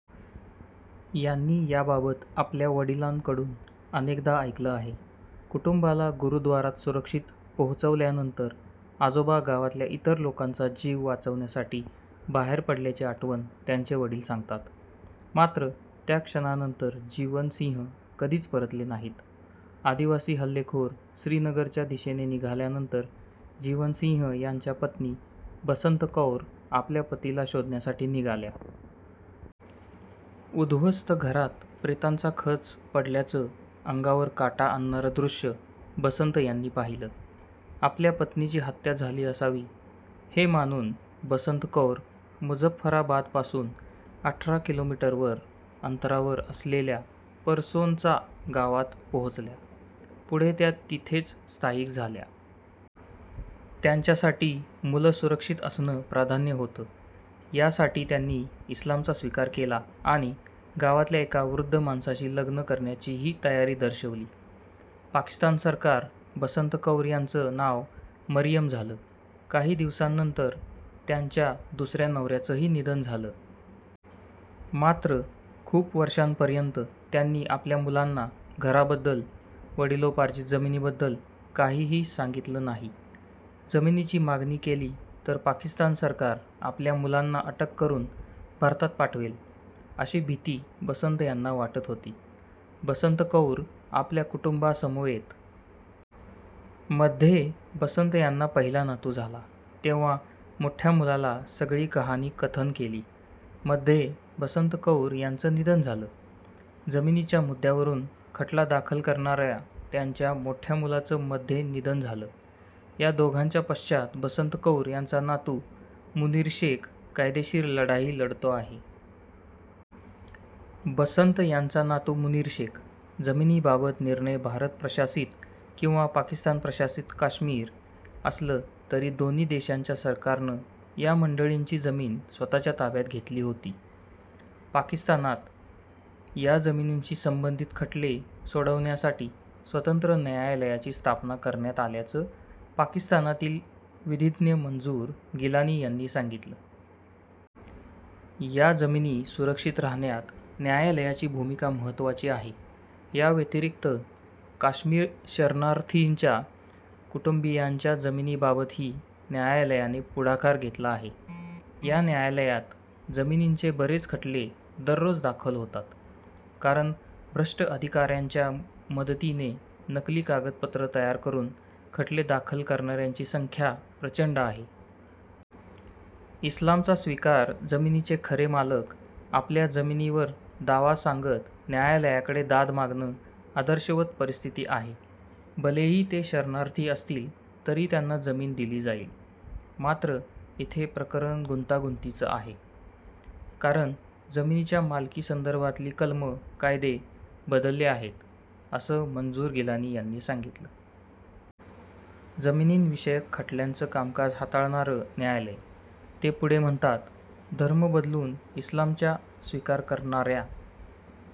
यांनी याबाबत आपल्या वडिलांकडून अनेकदा ऐकलं आहे. कुटुंबाला गुरुद्वारात सुरक्षित पोहोचवल्यानंतर आजोबा गावातल्या इतर लोकांचा जीव वाचवण्यासाठी बाहेर पडल्याची आठवण त्यांचे वडील सांगतात. मात्र त्याक्षणानंतर जीवन सिंह कधीच परतले नाहीत. आदिवासी हल्लेखोर श्रीनगरच्या दिशेने निघाल्यानंतर जीवन सिंह यांच्या पत्नी बसंत कौर आपल्या पतीला शोधण्यासाठी निघाल्या. उदध्वस्त घरात प्रेतांचा खच पडल्याचं अंगावर काटा आणणारं दृश्य बसंत यांनी पाहिलं. आपल्या पत्नीची हत्या झाली असावी, हे मानून बसंत कौर मुजफ्फराबादपासून अठरा किलोमीटरवर अंतरावर असलेल्या परसोनचा गावात पोहोचल्या. पुढे त्या तिथेच स्थायिक झाल्या. त्यांच्यासाठी मुलं सुरक्षित असणं प्राधान्य होतं. यासाठी त्यांनी इस्लामचा स्वीकार केला आणि गावातल्या एका वृद्ध माणसाशी लग्न करण्याचीही तयारी दर्शविली. पाकिस्तान सरकार बसंत कौर यांचं नाव मरियम झालं. काही दिवसांनंतर त्यांच्या दुसऱ्या नवऱ्याचंही निधन झालं. मात्र खूप वर्षांपर्यंत त्यांनी आपल्या मुलांना घराबद्दल, वडिलोपार्जित जमिनीबद्दल काहीही सांगितलं नाही. जमिनीची मागणी केली तर पाकिस्तान सरकार आपल्या मुलांना अटक करून भारतात पाठवेल, अशी भीती बसंत यांना वाटत होती. बसंत कौर आपल्या कुटुंबासमवेत. मध्ये बसंत यांना पहिला नातू झाला. तेव्हा मोठ्या मुलाला सगळी कहाणी कथन केली. मध्ये बसंत कौर यांचं निधन झालं. जमिनीच्या मुद्द्यावरून खटला दाखल करणाऱ्या त्यांच्या मोठ्या मुलाचं मध्ये निधन झालं. या दोघांच्या पश्चात बसंत कौर यांचा नातू मुनीर शेख कायदेशीर लढाई लढतो आहे. बसंत यांचा नातू मुनीर शेख. जमिनीबाबत निर्णय भारत प्रशासित किंवा पाकिस्तान प्रशासित काश्मीर असलं तरी दोन्ही देशांच्या सरकारनं या मंडळींची जमीन स्वत:च्या ताब्यात घेतली होती. पाकिस्तानात या जमिनींशी संबंधित खटले सोडवण्यासाठी स्वतंत्र न्यायालयाची स्थापना करण्यात आल्याचं पाकिस्तानातील विधीज्ञ मंजूर गिलानी यांनी सांगितलं. या जमिनी सुरक्षित राहण्यात न्यायालयाची भूमिका महत्त्वाची आहे. याव्यतिरिक्त काश्मीर शरणार्थींच्या कुटुंबीयांच्या जमिनीबाबतही न्यायालयाने पुढाकार घेतला आहे. या न्यायालयात जमिनींचे बरेच खटले दररोज दाखल होतात. कारण भ्रष्ट अधिकाऱ्यांच्या मदतीने नकली कागदपत्रं तयार करून खटले दाखल करणाऱ्यांची संख्या प्रचंड आहे. इस्लामचा स्वीकार जमिनीचे खरे मालक आपल्या जमिनीवर दावा सांगत न्यायालयाकडे दाद मागणं आदर्शवत परिस्थिती आहे. भलेही ते शरणार्थी असतील तरी त्यांना जमीन दिली जाईल. मात्र इथे प्रकरण गुंतागुंतीचं आहे. कारण जमिनीच्या मालकीसंदर्भातली कलमं, कायदे बदलले आहेत, असं मंजूर गिलानी यांनी सांगितलं. जमिनींविषयक खटल्यांचं कामकाज हाताळणारं न्यायालय. ते पुढे म्हणतात, धर्म बदलून इस्लामच्या स्वीकार करणाऱ्या